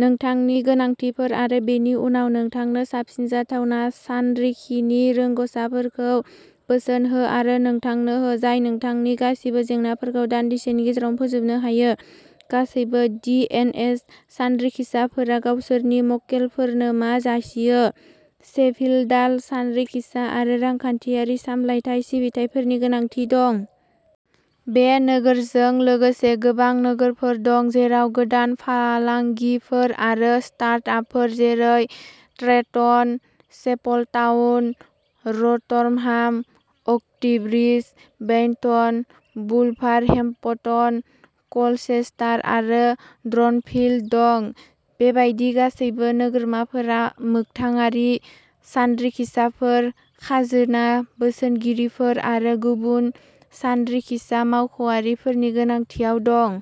नोंथांनि गोनांथिफोर आरो बेनि उनाव नोंथांनो साबसिन जाथावना सानरिखिनि रोंग'साफोरखौ बोसोन हो आरो नोंथांनो हो, जाय नोंथांनि गासिबो जेंनाफोरखौ दान्दिसेनि गेजेरावनो फोजोबनो हायो। गासैबो दि एन एस सानरिखिसाफोरा गावसोरनि मक्केलफोरनो मा जासियो? शेफिल्डाल'सानरिखिसा आरो रांखान्थियारि सामलायथाय सिबिथाइफोरनि गोनांथि दं। बे नोगोरजों लोगोसे, गोबां नोगोरफोर दं जेराव गोदान फालांगिफोर आरो स्टार्ट-आपफोर जेरै Trenton, Chapeltown, Rotherham, Oughtibridge, Beighton, Wolverhampton, Colchester आरो ड्रनफिल्ड दं। बेबादि गासैबो नोगोरमाफोरा मोगथाङारि सानरिखिसाफोर, खाजोना बोसोनगिरिफोर आरो गुबुन सानरिखिसा मावख'आरिफोरनि गोनांथियाव दं।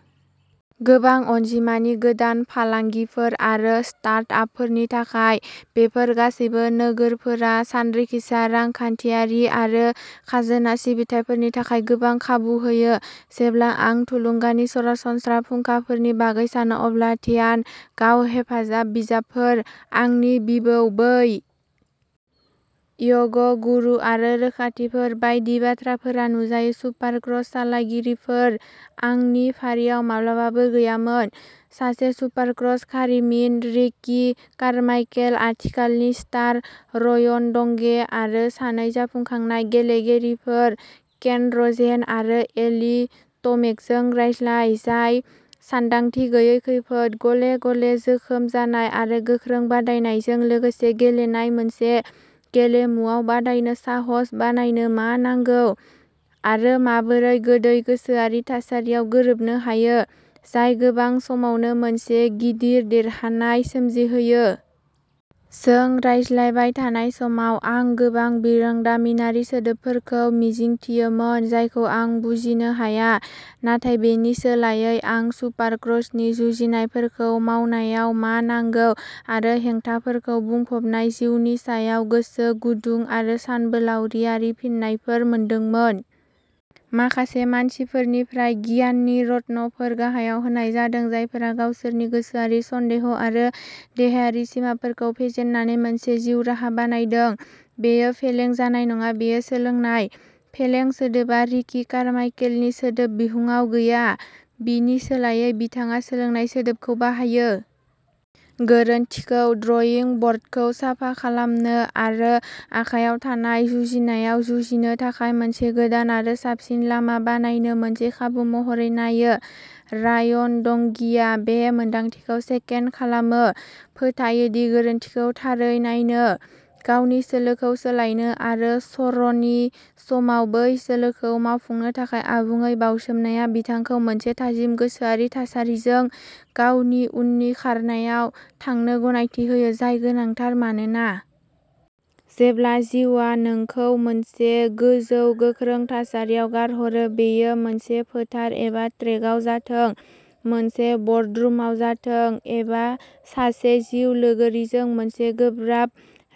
गोबां अनजिमानि गोदान फालांगिफोर आरो स्टार्ट-आपफोरनि थाखाय, बेफोर गासैबो नोगोरफोरा सानरिखिसा, रांखान्थियारि आरो खाजोना सिबिथाइफोरनि थाखाय गोबां खाबु होयो। जेब्ला आं थुलुंगानि सरासनस्रा फुंखाफोरनि बागै सानो, अब्ला "ध्यान", "गाव-हेफाजाब बिजाबफोर", "आंनि बिबौ", "बै य'ग गुरु", आरो "रोखाथिफोर" बायदि बाथ्राफोरा नुजायो-"सुपारक्र'स सालायगिरिफोर" आंनि फारियाव माब्लाबाबो गैयामोन, सासे सुपारक्र'स खिरिमिन, रिकी कारमाइकेल, आथिखालनि स्टार रायन डंगे आरो सानै जाखांफुनाय गेलेगिरिफोर, केन र'जेन आरो एली ट'मेकजों रायज्लाय, जाय सानदांथि गैयै खैफोद, गले-गले जोखोम जानाय आरो गोख्रों बादायनायजों लोगोसे गेलेनाय मोनसे गेलेमुआव बादायनो साहस बानायनो मा नांगौ, आरो माबोरै गोदै गोसोआरि थासारियाव गोरोबनो हायो, जाय गोबां समावनो मोनसे गिदिर देरहानाय सोमजिहोयो। जों रायज्लायबाय थानाय समाव, आं गोबां बिरोंदामिनारि सोदोबफोरखौ मिजिंथियोमोन, जायखौ आं बुजिनो हाया, नाथाय बेनि सोलायै, आं सुपारक्र'सनि जुजिनायफोरखौ मावनायाव मा नांगौ, आरो हेंथाफोरजों बुंफबनाय जिउनि सायाव गोसो गुदुं आरो सानबोलावरियारि फिननायफोर मोनदोंमोन। माखासे मानसिफोरनिफ्राय गियाननि रत्नफोर गाहायाव होनाय जादों, जायफोरा गावसोरनि गोसोआरि सन्देह आरो देहायारि सिमाफोरखौ फेजेननानै मोनसे जिउ राहा बानायदों। बेयो फेलें जानाय नङा, बेयो सोलोंनाय। "फेलें" सोदोबा रिकी कारमाइकेलनि सोदोब बिहुंआव गैया, बिनि सोलायै, बिथाङा "सोलोंनाय" सोदोबखौ बाहायो। गोरोन्थिखौ ड्रइं ब'र्डखौ साफा खालामनो आरो आखायाव थानाय जुजिनायाव जुजिनो थाखाय मोनसे गोदान आरो साबसिन लामा बानायनो मोनसे खाबु महरै नायो। रायन डंगिआ बे मोन्दांथिखौ सेकेन्ड खालामो, फोथायो दि गोरोन्थिखौ थारै नायनो, गावनि सोलोखौ सोलायनो, आरो सर'नि समाव बै सोलोखौ मावफुंनो थाखाय आबुङै बाउसोमनाया बिथांखौ मोनसे थाजिम गोसोआरि थासारिजों गावनि उननि खारनायाव थांनो गनायथि होयो, जाय गोनांथार मानोना... जेब्ला जिउआ नोंखौ मोनसे गोजौ गोख्रों थासारियाव गारहरो, बेयो मोनसे फोथार एबा ट्रेकआव जाथों, मोनसे ब'र्डरुमाव जाथों, एबा सासे जिउ लोगोरिजों मोनसे गोब्राब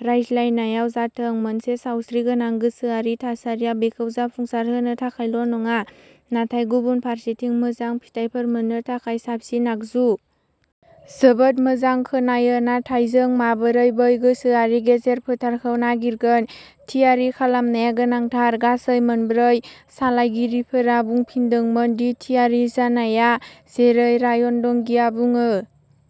रायज्लायनायाव जाथों, मोनसे सावस्रिगोनां गोसोआरि थासारिया बेखौ जाफुंसारहोनो थाखायल'नङा, नाथाय गुबुन फारसेथिं मोजां फिथायफोर मोन्नो थाखाय साबसिन आगजु। जोबोद मोजां खोनायो, नाथाय जों माबोरै बै गोसोआरि गेजेर फोथारखौ नागिरगोन... थियारि खालामनाया गोनांथार। गासै मोनब्रै सालायगिरिफोरा बुंफिनदोंमोन दि थियारि जानाया, जेरै रायन डंगिआ बुङो,